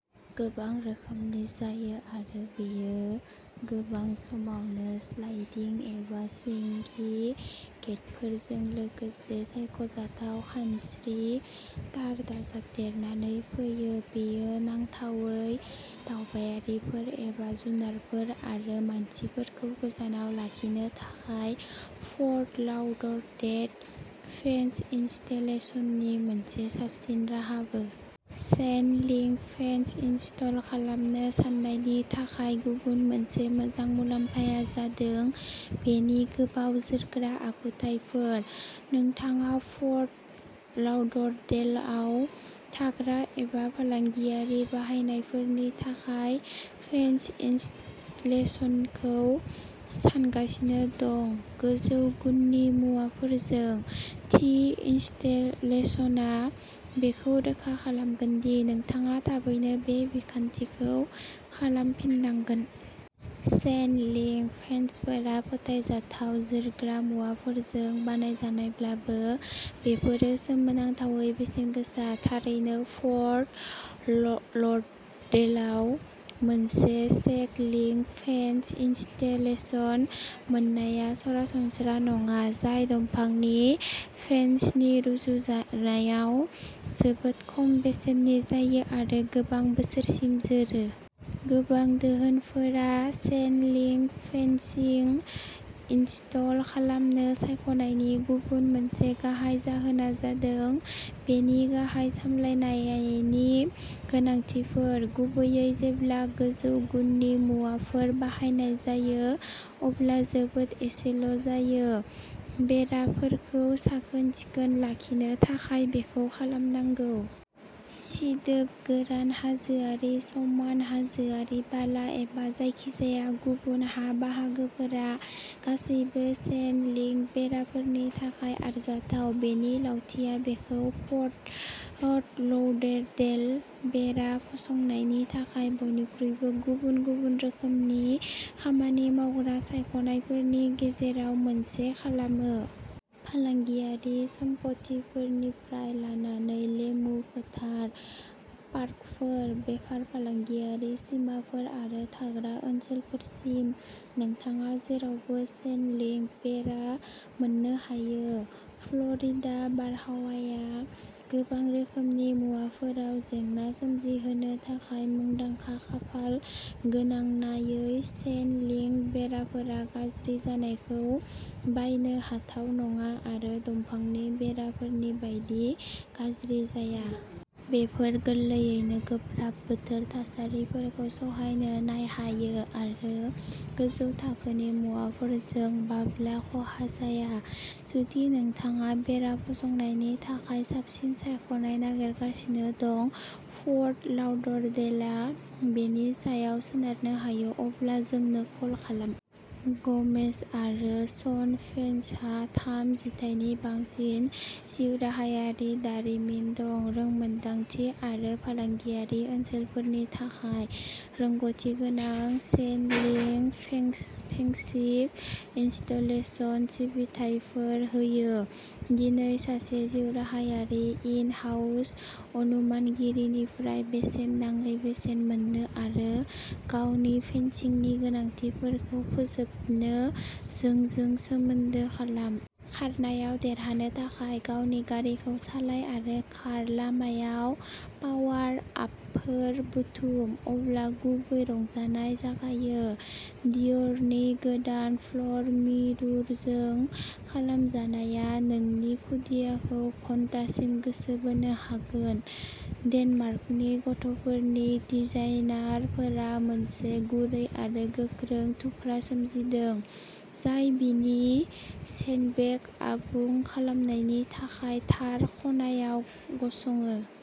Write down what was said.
गोबां रोखोमनि जायो आरो बेयो गोबां समावनो स्लाइडिं एबा स्विंगिं गेटफोरजों लोगोसे सायख'जाथाव खानस्रि तार दाजाबदेरनानै फैयो। बेयो नांथावै दावबायारिफोर एबा जुनारफोर आरो मानसिफोरखौ गोजानाव लाखिनो थाखाय फर्ट लाउडरडेल फेन्स इनस्टलेशननि मोनसे साबसिन राहाबो। चेन लिंक फेन्स इनस्टल खालामनो साननायनि थाखाय गुबुन मोनसे मोजां मुलाम्फाया जादों बेनि गोबाव जोरग्रा आखुथायफोर। नोंथाङा फर्ट लाउडरडेलआव थाग्रा एबा फालांगियारि बाहायनायफोरनि थाखाय फेन्स इनस्टलेशनखौ सानगासिनो दं, गोजौ गुननि मुवाफोरजों थि इनस्टलेशनआ बेखौ रोखा खालामगोन दि नोंथाङा थाबैनो बे बिखान्थिखौ खालामफिननांगोन। चेन लिंक फेन्सफोरा फोथायजाथाव जोरग्रा मुवाफोरजों बानायजानायब्लाबो, बेफोरो सोमोनांथावै बेसेनगोसा। थारैनो, फर्ट ललडेलआव मोनसे चेन लिंक फेन्स इनस्टलेशन मोननाया सरासनस्रा नङा, जाय दंफांनि फेन्सनि रुजुजानायाव जोबोद खम बेसेननि जायो आरो गोबां बोसोरसिम जोरो। गोबां दोहोनफोरा चेन लिंक फेन्सिं इनस्टल खालामनो सायख'नायनि गुबुन मोनसे गाहाय जाहोना जादों बेनि गाहाय सामलायनायनि गोनांथिफोर। गुबैयै जेब्ला गोजौ गुननि मुवाफोर बाहायनाय जायो, अब्ला जोबोद एसेल' जायो। बेराफोरखौ साखोन-सिखोन लाखिनो थाखाय बेखौ खालामनांगौ। सिदोब, गोरान, हाजोआरि, समान, हाजोआरि, बाला एबा जायखिजाया गुबुन हा बाहागोफोरा गासैबो चेन लिंक बेराफोरनि थाखाय आरजाथाव। बेनि लावथिया बेखौ फर्ट लौदेडेल बेरा फसंनायनि थाखाय बयनिख्रुइबो गुबुन-गुबुन रोखोमनि खामानि मावग्रा सायख'नायफोरनि गेजेराव मोनसे खालामो। फालांगियारि सम्पथिफोरनिफ्राय लानानै लेमु फोथार, पार्कफोर, बेफार-फालांगियारि सिमाफोर आरो थाग्रा ओनसोलफोरसिम, नोंथाङा जेरावबो चेन लिंक बेरा मोननो हायो। फ्लरिडा बारहावाया गोबां रोखोमनि मुवाफोराव जेंना सोमजिहोनो थाखाय मुंदांखा। खाफाल गोनांनायै, चेन लिंक बेराफोरा गाज्रि जानायखौ बायनो हाथाव नङा आरो दंफांनि बेराफोरनि बायदि गाज्रि जाया। बेफोर गोरलैयैनो गोब्राब बोथोर थासारिफोरखौ सहायनो नायहायो आरो गोजौ थाखोनि मुवाफोरजों बाब्ला ख'हा जाया। जुदि नोंथाङा बेरा फसंनायनि थाखाय साबसिन सायख'नाय नागिरगासिनो दं, फर्ट लाउडरडेलआ बेनि सायाव सोनारनो हायो, अब्ला जोंनो कल खालाम। ग'मेज आरो सन फेन्सहा थाम जिथायनि बांसिन जिउराहायारि दारिमिन दं। रोंमोन्दांथि आरो फालांगियारि ओनसोलफोरनि थाखाय रोंग'थिगोनां चेन लिंक फें फेंसिंग इनस्टलेशन सिबिथाइफोर होयो। दिनै सासे जिउराहायारि इन-हाउस अनुमानगिरिनिफ्राय बेसेन नाङै बेसेन मोन्नो आरो गावनि फेनसिंनि गोनांथिफोरखौ फोजोबनो जोंजों सोमोन्दो खालाम। खारनायाव देरहानो थाखाय गावनि गारिखौ सालाय आरो खार। लामायाव पावार आपफोर बुथुम। अब्ला गुबै रंजानाय जागायो। डियरनि गोदान फ्ल'र मिररजों खालामजानाया नोंनि खुदियाखौ घन्टासिम गोसो बोनो हागोन। डेनमार्कनि गथ'फोरनि डिजाइनार फोरा मोनसे गुरै आरो गोख्रों थुख्रा सोमजिदों जाय बिनि सेन्डबेग आबुं खालामनायनि थाखाय थार खनायाव गसङो।